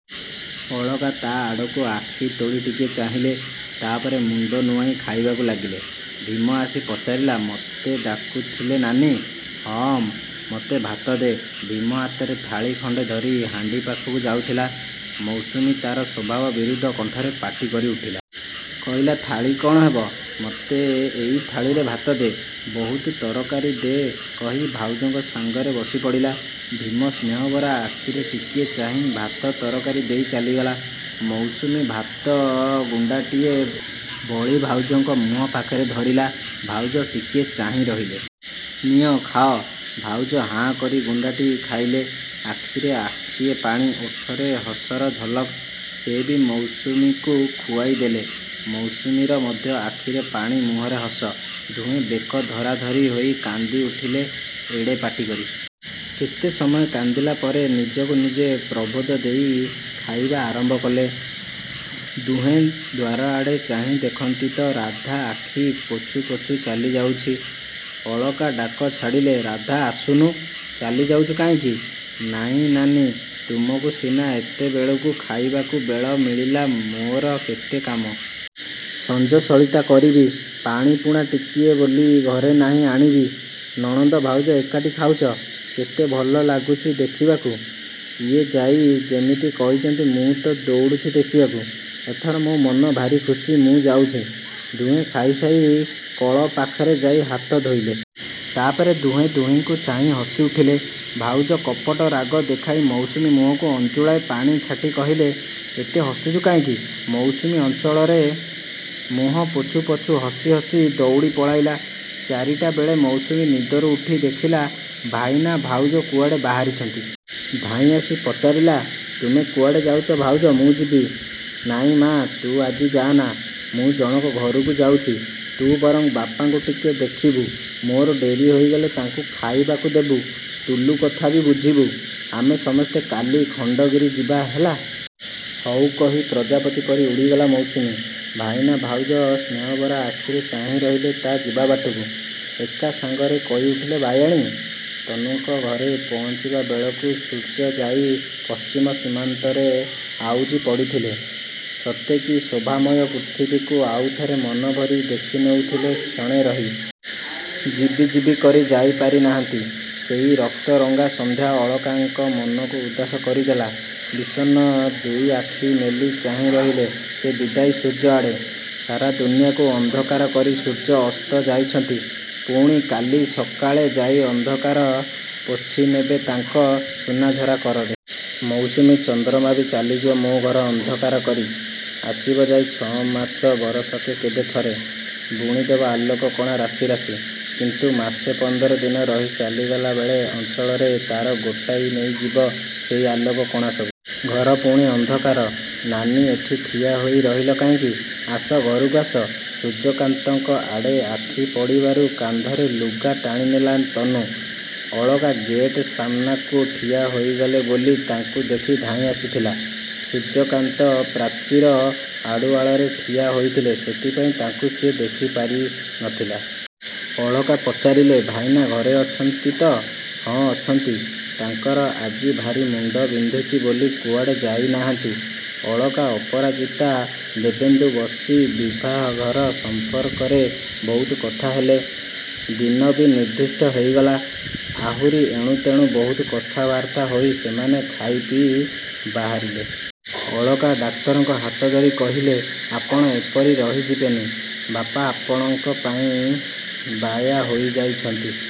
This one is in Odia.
ଅଳକା ତା'ଆଡ଼କୁ ଆଖି ତୋଳି ଟିକିଏ ଚାହିଁଲେ। ତାପରେ ମୁଣ୍ଡ ନୁଆଁଇ ଖାଇବାକୁ ଲାଗିଲେ। ଭୀମ ଆସି ପଚାରିଲା-ମୋତେ ଡାକୁଥିଲେ ନାନୀ? -ହଁ, ମୋତେ ଭାତ ଦେ। ଭୀମ ହାତରେ ଥାଳି ଖଣ୍ଡେ ଧରି ହାଣ୍ଡି ପାଖକୁ ଯାଉଥିଲା, ମୌସୁମୀ ତା'ର ସ୍ୱଭାବ ବିରୁଦ୍ଧ କଣ୍ଠରେ ପାଟି କରିଉଠିଲା। କହିଲା-ଥାଳି କ'ଣ ହେବ? ମୋତେ ଏଇ ଥାଳିରେ ଭାତ ଦେ। ବହୁତ ତରକାରୀ ଦେ କହି ଭାଉଜଙ୍କ ସାଙ୍ଗରେ ବସିପଡ଼ିଲା। ଭୀମ ସ୍ନେହଭରା ଆଖିରେ ଟିକିଏ ଚାହିଁ ଭାତ ତରକାରୀ ଦେଇ ଚାଲିଗଲା। ମୌସୁମୀ ଭାତ ଗୁଣ୍ଡାଟିଏ ବଳି ଭାଉଜଙ୍କ ମୁହଁ ପାଖରେ ଧରିଲା। ଭାଉଜ ଟିକିଏ ଚାହିଁ ରହିଲେ। ନିଅ, ଖାଅ। ଭାଉଜ ହାଁ କରି ଗୁଣ୍ଡାଟି ଖାଇଲେ। ଆଖିରେ ଆଖିଏ ପାଣି, ଓଠରେ ହସର ଝଲକ। ସେ ବି ମୌସୁମୀକୁ ଖୁଆଇଦେଲେ। ମୌସୁମୀର ମଧ୍ୟ ଆଖିରେ ପାଣି ମୁହଁରେ ହସ। ଦୁହେଁ ବେକ ଧରା ଧରି ହୋଇ କାନ୍ଦି ଉଠିଲେ ଏଡ଼େ ପାଟି କରି। କେତେ ସମୟ କାନ୍ଦିଲା ପରେ ନିଜକୁ ନିଜେ ପ୍ରବୋଧ ଦେଇ ଖାଇବା ଆରମ୍ଭ କଲେ। ଦୁହେଁ ଦ୍ୱାରଆଡ଼େ ଚାହିଁ ଦେଖନ୍ତି ତ ରାଧା ଆଖି ପୋଛୁ ପୋଛୁ ଚାଲିଯାଉଛି। ଅଳକା ଡାକ ଛାଡ଼ିଲେ-ରାଧା ଆସୁନୁ, ଚାଲିଯାଉଛୁ କାହିଁକି? -ନାଇଁ ନାନୀ, ତୁମକୁ ସିନା ଏତେବେଳକୁ ଖାଇବାକୁ ବେଳ ମିଳିଲା ମୋର କେତେ କାମ। ସଞ୍ଜ ସଳିତା କରିବି, ପାଣିପୁଣା ଟିକିଏ ବୋଲି ଘରେ ନାହିଁ ଆଣିବି। ନଣନ୍ଦ ଭାଉଜ ଏକାଠି ଖାଉଛ, କେତେ ଭଲନାଗୁଛି ଦେଖିବାକୁ। ଇଏ ଯାଇ ଯେମିତି କହିଛନ୍ତି ମୁଁ ତ ଦୌଡ଼ୁଛି ଦେଖିବାକୁ। ଏଥର ମୋ ମନ ଭାରି ଖୁସି, ମୁଁ ଯାଉଛି। ଦୁହେଁ ଖାଇସାରି କଳ ପାଖରେ ଯାଇ ହାତ ଧୋଇଲେ। ତାପରେ ଦୁହେଁ ଦୁହିଁଙ୍କୁ ଚାହିଁ ହସିଉଠିଲେ। ଭାଉଜ କପଟ ରାଗ ଦେଖାଇ ମୌସୁମୀ ମୁହଁକୁ ଆଞ୍ଜୁଳାଏ ପାଣି ଛାଟି କହିଲେ-ଏତେ ହସୁଛୁ କାହିଁକି? ମୌସୁମୀ ଅଞ୍ଚଳରେ ମୁହଁ ପୋଛୁ ପୋଛୁ ହସି ହସି ଦଉଡ଼ି ପଳାଇଲା। ଚାରିଟାବେଳେ ମୌସୁମୀ ନିଦରୁ ଉଠି ଦେଖିଲା ଭାଇନା ଭାଉଜ କୁଆଡ଼େ ବାହାରିଛନ୍ତି-। ଧାଇଁଆସି ପଚାରିଲା-ତୁମେ କୁଆଡ଼େ ଯାଉଛ ଭାଉଜ, ମୁଁ ଯିବି। -ନାଇଁ ମା' ତୁ ଆଜି ଯାଆନା, ମୁଁ ଜଣକ ଘରକୁ ଯାଉଛି। ତୁ ବରଂ ବାପାଙ୍କୁ ଟିକେ ଦେଖିବୁ, ମୋର ଡେରି ହୋଇଗଲେ ତାଙ୍କୁ ଖାଇବାକୁ ଦେବୁ। ଟୁଲୁ କଥା ବି ବୁଝିବୁ। ଆମେ ସମସ୍ତେ କାଲି ଖଣ୍ଡଗିରି ଯିବା, ହେଲା। ହଉ କହି ପ୍ରଜାପତି ପରି ଉଡ଼ିଗଲା ମୌସୁମୀ। ଭାଇନା ଭାଉଜ ସ୍ନହଭରା ଆଖିରେ ଚାହିଁ ରହିଲେ ତା' ଯିବା ବାଟକୁ। ଏକା ସାଙ୍ଗରେ କହିଉଠିଲେ ବାୟାଣୀ। ତନୁଙ୍କ ଘରେ ପହଞ୍ଚିବା ବେଳକୁ ସୂର୍ଯ୍ୟ ଯାଇ ପଶ୍ଚିମ ସୀମାନ୍ତରେ ଆଉଜି ପଡ଼ିଥିଲେ। ସତେକି ଶୋଭାମୟ ପୃଥିବୀକୁ ଆଉଥରେ ମନଭରି ଦେଖିନେଉଥିଲେ କ୍ଷଣେ ରହି। ଯିବି ଯିବି କରି ଯାଇପାରିନାହାନ୍ତି। ସେହି ରକ୍ତରଙ୍ଗା ସନ୍ଧ୍ୟା ଅଳକାଙ୍କ ମନକୁ ଉଦାସ କରିଦେଲା। ବିଷନ୍ନ ଦୁଇ ଆଖି ମେଲି ଚାହିଁ ରହିଲେ ସେ ବିଦାୟୀ ସୂର୍ଯ୍ୟଆଡ଼େ। ସାରା ଦୁନିଆକୁ ଅନ୍ଧକାର କରି ସୂର୍ଯ୍ୟ ଅସ୍ତ ଯାଇଛନ୍ତି। ପୁଣି କାଲି ସକାଳେ ଯାଇ ଅନ୍ଧକାର ପୋଛିନେବେ ତାଙ୍କ ସୁନାଝରା କରରେ। ମୌସୁମୀ ଚନ୍ଦ୍ରମା ବି ଚାଲିଯିବ ମୋ ଘର ଅନ୍ଧକାର କରି। ଆସିବ ଯାଇ ଛମାସ ବରଷକେ କେବେ ଥରେ। ବୁଣିଦେବ ଆଲୋକ-କଣା ରାଶି ରାଶି। କିନ୍ତୁ ମାସେ ପନ୍ଦର ଦିନ ରହି ଚାଲିଗଲା ବେଳେ ଅଞ୍ଚଳରେ ତା'ର ଗୋଟାଇ ନେଇ ଯିବ ସେହି ଆଲୋକ-କଣା ସବୁ। ଘର ପୁଣି ଅନ୍ଧକାର। -ନାନୀ, ଏଠି ଠିଆ ହୋଇ ରହିଲ କାହିଁକି, ଆସ ଘରକୁ ଆସ। ସୂର୍ଯ୍ୟକାନ୍ତଙ୍କ ଆଡ଼େ ଆଖିପଡ଼ିବାରୁ କାନ୍ଧରେ ଲୁଗା ଟାଣିନେଲା ତନୁ। ଅଳକା ଗେଟ୍ ସାମନାକୁ ଠିଆ ହୋଇଗଲେ ବୋଲି ତାଙ୍କୁ ଦେଖି ଧାଇଁ ଆସିଥିଲା। ସୂର୍ଯ୍ୟକାନ୍ତ ପ୍ରାଚୀର ଆଢ଼ୁଆଳରେ ଠିଆ ହୋଇଥିଲେ, ସେଥିପାଇଁ ତାଙ୍କୁ ସିଏ ଦେଖିପାରିନଥିଲା। ଅଳକା ପଚାରିଲେ-ଭାଇନା ଘରେ ଅଛନ୍ତି ତ। -ହଁ, ଅଛନ୍ତି। ତାଙ୍କର ଆଜି ଭାରି ମୁଣ୍ଡ ବିନ୍ଧୁଛି ବୋଲି କୁଆଡ଼େ ଯାଇନାହାନ୍ତି। ଅଳକା, ଅପରାଜିତା, ଦିବ୍ୟେନ୍ଦୁ ବସି ବିଭାଘର ସମ୍ପର୍କରେ ବହୁତ କଥାହେଲେ। ଦିନ ବି ନିର୍ଦ୍ଦିଷ୍ଟ ହୋଇଗଲା। ଆହୁରି ଏଣୁତେଣୁ ବହୁତ କଥାବାର୍ତ୍ତା ହୋଇ ସେମାନେ ଖାଇ ପିଇ ବାହାରିଲେ। ଅଳକା ଡାକ୍ତରଙ୍କ ହାତଧରି କହିଲେ-ଆପଣ ଏପରି ରହିଯିବେନି। ବାପା ଆପଣଙ୍କ ପାଇଁ ବାୟା ହୋଇଯାଇଛନ୍ତି।